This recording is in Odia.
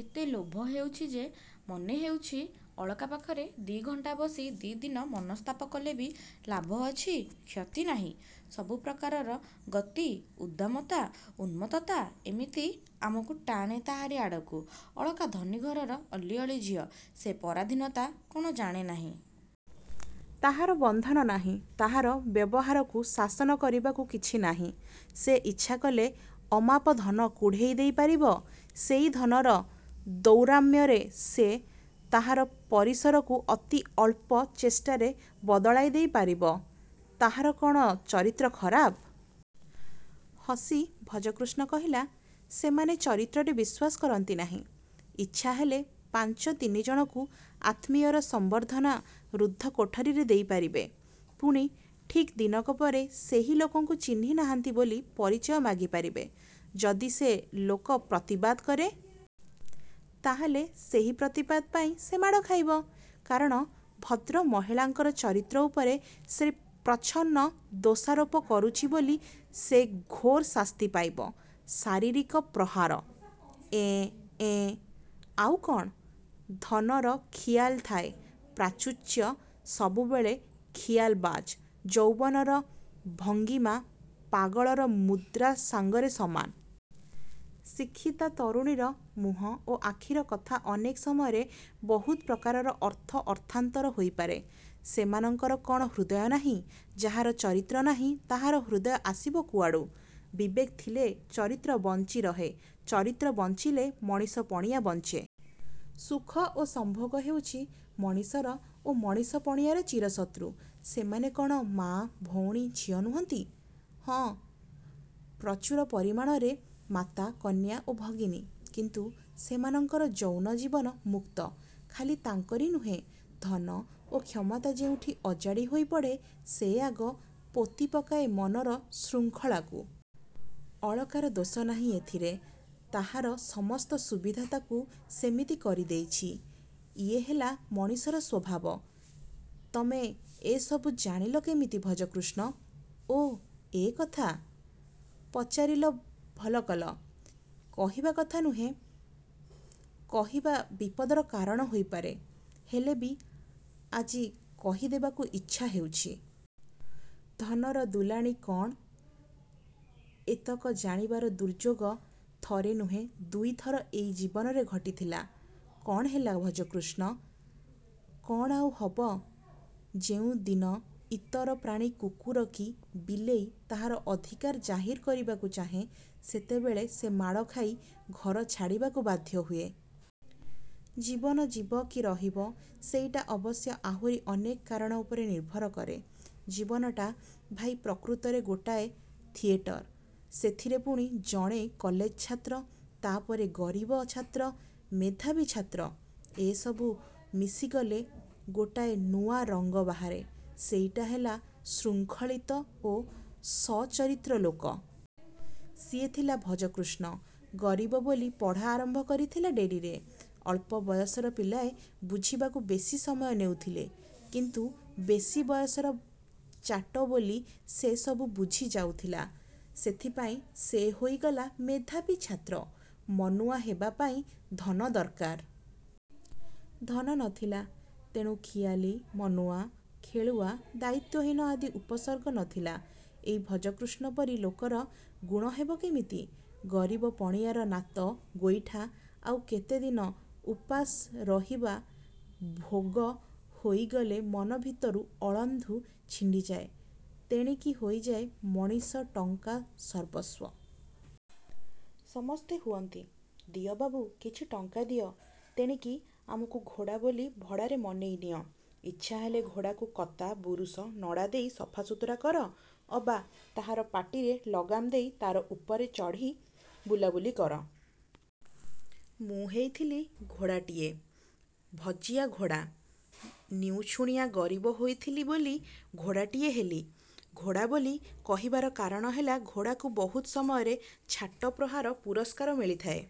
ଏତେ ଲୋଭ ହେଉଛି ଯେ ମନେହେଉଛି ଅଳକା ପାଖରେ ଦି'ଘଣ୍ଟା ବସି ଦି'ଦିନ ମନସ୍ତାପ କଲେ ବି ଲାଭ ଅଛି-କ୍ଷତି ନାହିଁ। -ସବୁ ପ୍ରକାରର ଗତି, ଉଦ୍ଦାମତା, ଉନ୍ମତ୍ତତା ଏମିତି ଆମକୁ ଟାଣେ ତାହାରି ଆଡ଼କୁ। ଅଳକା ଧନୀ ଘରର ଅଲିଅଳି ଝିଅ। ସେ ପରାଧୀନତା କ'ଣ ଜାଣେ ନାହିଁ। ତାହାର ବନ୍ଧନ ନାହିଁ-। ତାହାର ବ୍ୟବହାରକୁ ଶାସନ କରିବାକୁ କିଛି ନାହିଁ। ସେ ଇଚ୍ଛା କଲେ ଅମାପ ଧନ କୁଢ଼େଇ ଦେଇ ପାରିବ। ସେଇ ଧନର ଦୌରାତ୍ମ୍ୟରେ ସେ ତାହାର ପରିସରକୁ ଅତି ଅଳ୍ପ ଚେଷ୍ଟାରେ ବଦଳାଇ ଦେଇ ପାରିବ। -ତାହାର କ'ଣ ଚରିତ୍ର ଖରାପ? ହସି ଭଜକୃଷ୍ଣ କହିଲା-ସେମାନେ ଚରିତ୍ରରେ ବିଶ୍ୱାସ କରନ୍ତି ନାହିଁ। ଇଚ୍ଛା ହେଲେ ପାଞ୍ଚ ତିନିଜଣଙ୍କୁ ଆତ୍ମୀୟର ସମ୍ବର୍ଦ୍ଧନା ରୁଦ୍ଧ କୋଠରୀରେ ଦେଇ ପାରିବେ। ପୁଣି ଠିକ୍ ଦିନକ ପରେ ସେହି ଲୋକକୁ ଚିହ୍ନି ନାହାଁନ୍ତି ବୋଲି ପରିଚୟ ମାଗି ପାରିବେ। -ଯଦି ସେ ଲୋକ ପ୍ରତିବାଦ କରେ। -ତାହାହେଲେ ସେହି ପ୍ରତିବାଦ ପାଇଁ ସେ ମାଡ଼ ଖାଇବ। କାରଣ ଭଦ୍ରମହିଳାଙ୍କର ଚରିତ୍ର ଉପରେ ସେ ପ୍ରଚ୍ଛନ୍ନ ଦୋଷାରୋପ କରୁଛି ବୋଲି ସେ ଘୋର ଶାସ୍ତି ପାଇବ-ଶାରିରୀକ ପ୍ରହାର। -ଏଁ-ଏଁ। -ଆଉ କ'ଣ? ଧନର ଖିଆଲ ଥାଏ। ପ୍ରାଚୁର୍ଯ୍ୟ ସବୁବେଳେ ଖିଆଲବାଜ୍। ଯୌବନର ଭଙ୍ଗିମା ପାଗଳର ମୁଦ୍ରା ସାଙ୍ଗରେ ସମାନ। ଶିକ୍ଷିତା ତରୁଣୀର ମୁହଁ ଓ ଆଖିର କଥା ଅନେକ ସମୟରେ ବହୁତ ପ୍ରକାରର ଅର୍ଥ ଅର୍ଥାନ୍ତର ହୋଇପାରେ। -ସେମାନଙ୍କର କ'ଣ ହୃଦୟ ନାହିଁ? -ଯାହାର ଚରିତ୍ର ନାହିଁ, ତାହାର ହୃଦୟ ଆସିବ କୁଆଡ଼ୁ? ବିବେକ ଥିଲେ ଚରିତ୍ର ବଞ୍ଚିରହେ। ଚରିତ୍ର ବଞ୍ଚିଲେ ମଣିଷ ପଣିଆ ବଞ୍ଚେ। ସୁଖ ଓ ସମ୍ଭୋଗ ହେଉଛି ମଣିଷର ଓ ମଣିଷ ପଣିଆର ଚିରଶତ୍ରୁ। -ସେମାନେ କ'ଣ ମା, ଭଉଣୀ, ଝିଅ ନୁହଁନ୍ତି? -ହଁ। ପ୍ରଚୁର ପରିମାଣରେ ମାତା, କନ୍ୟା ଓ ଭଗିନୀ କିନ୍ତୁ ସେମାନଙ୍କର ଯୌନ ଜୀବନ ମୁକ୍ତ। ଖାଲି ତାଙ୍କରି ନୁହେଁ ଧନ ଓ କ୍ଷମତା ଯେଉଁଠି ଅଜାଡ଼ି ହୋଇପଡ଼େ ସେ ଆଗ ପୋତିପକାଏ ମନର ଶୃଙ୍ଖଳାକୁ। ଅଳକାର ଦୋଷ ନାହିଁ ଏଥିରେ ତାହାର ସମସ୍ତ ସୁବିଧା ତା'କୁ ସେମିତି କରିଦେଇଛି। ଇଏ ହେଲା ମଣିଷର ସ୍ୱଭାବ। -ତମେ ଏସବୁ ଜାଣିଲ କେମିତି ଭଜକୃଷ୍ଣ? -ଓ, ଏ କଥା? ପଚାରିଲ ଭଲ କଲ? କହିବା କଥା ନୁହେଁ। କହିବା ବିପଦର କାରଣ ହେଇପାରେ। ହେଲେ ବି ଆଜି କହି ଦେବାକୁ ଇଚ୍ଛା ହେଉଛି। ଧନର ଦୁଲାଳୀ କ'ଣ? -ଏତକ ଜାଣିବାର ଦୁର୍ଯ୍ୟୋଗ ଥରେ ନୁହେଁ ଦୁଇଥର ଏଇ ଜୀବନରେ ଘଟିଥିଲା। -କ'ଣ ହେଲା-ଭଜକୃଷ୍ଣ? -କ'ଣ ଆଉ ହବ? ଯେଉଁଦିନ ଇତର ପ୍ରାଣୀ କୁକୁର କି ବିଲେଇ ତାହାର ଅଧିକାର ଜାହିର କରିବାକୁ ଚାହେଁ ସେତେବେଳେ ସେ ମାଡ଼ ଖାଇ ଘର ଛାଡ଼ିବାକୁ ବାଧ୍ୟ ହୁଏ। ଜୀବନ ଯିବ କି ରହିବ-ସେଇଟା ଅବଶ୍ୟ ଆହୁରି ଅନେକ କାରଣ ଉପରେ ନିର୍ଭର କରେ। ଜୀବନଟା ଭାଇ ପ୍ରକୃତରେ ଗୋଟାଏ ଥିଏଟର୍। ସେଥିରେ ପୁଣି ଜଣେ କଲେଜ ଛାତ୍ର-ତା'ପରେ-ଗରିବ ଛାତ୍ର, ମେଧାବୀ ଛାତ୍ର। ଏସବୁ ମିଶିଗଲେ ଗୋଟାଏ ନୂଆରଙ୍ଗ ବାହାରେ-ସେଇଟା ହେଲା ଶୃଙ୍ଖଳିତ ଓ ସଚ୍ଚରିତ୍ର ଲୋକ। ସିଏ ଥିଲା ଭଜକୃଷ୍ଣ। ଗରିବ ବୋଲି ପଢ଼ା ଆରମ୍ଭ କରିଥିଲା ଡେରିରେ। ଅଳ୍ପ ବୟସର ପିଲାଏ ବୁଝିବାକୁ ବେଶି ସମୟ ନେଉଥିଲେ, କିନ୍ତୁ ବେଶି ବୟସର ଚାଟ ବୋଲି ସେ ସବୁ ବୁଝି ଯାଉଥିଲା। ସେଥିପାଇଁ ସେ ହୋଇଗଲା ମେଧାବୀ ଛାତ୍ର। ମନୁଆ ହେବାପାଇଁ ଧନ ଦରକାର। ଧନ ନ ଥିଲା। ତେଣୁ ଖିଆଲି, ମନୁଆ, ଖେଳୁଆ, ଦାୟିତ୍ୱହୀନ ଆଦି ଉପସର୍ଗ ନ ଥିଲା। ଏଇ ଭଜକୃଷ୍ଣ ପରି ଲୋକର ଗୁଣ ହେବ କେମିତି? ଗରିବ ପଣିଆର ନାତ ଗୋଇଠା ଆଉ କେତେଦିନ ଉପାସ ରହିବା ଭୋଗ ହୋଇଗଲେ ମନଭିତରୁ ଅଳନ୍ଧୁ ଛିଣ୍ଡିଯାଏ। ତେଣିକି ହେଇଯାଏ ମଣିଷ ଟଙ୍କା-ସର୍ବସ୍ୱ। ସମସ୍ତେ ହୁଅନ୍ତି। -ଦିଅ ବାବୁ କିଛି ଟଙ୍କା ଦିଅ। ତେଣିକି ଆମକୁ ଘୋଡ଼ା ବୋଲି ଭଡ଼ାରେ ମନେଇ ନିଅ-। ଇଚ୍ଛା ହେଲେ ଘୋଡ଼ାକୁ କତା ବୁରୁସ, ନଡ଼ା ଦେଇ ସଫାସୁତୁରା କର ଅବା ତାହାର ପାଟିରେ ଲଗାମ ଦେଇ ତା'ର ଉପରେ ଚଢ଼ି ବୁଲାବୁଲି କର। ମୁଁ ହେଇଥିଲି ଘୋଡ଼ାଟିଏ-ଭଜିଆ ଘୋଡ଼ା। ନିଉଛୁଣିଆ ଗରିବ ହୋଇଥିଲି ବୋଲି ଘୋଡ଼ାଟିଏ ହେଲି। ଘୋଡ଼ା ବୋଲି କହିବାର କାରଣ ହେଲା-ଘୋଡ଼ାକୁ ବହୁତ ସମୟରେ ଛାଟ ପ୍ରହାର ପୁରସ୍କାର ମିଳିଥାଏ।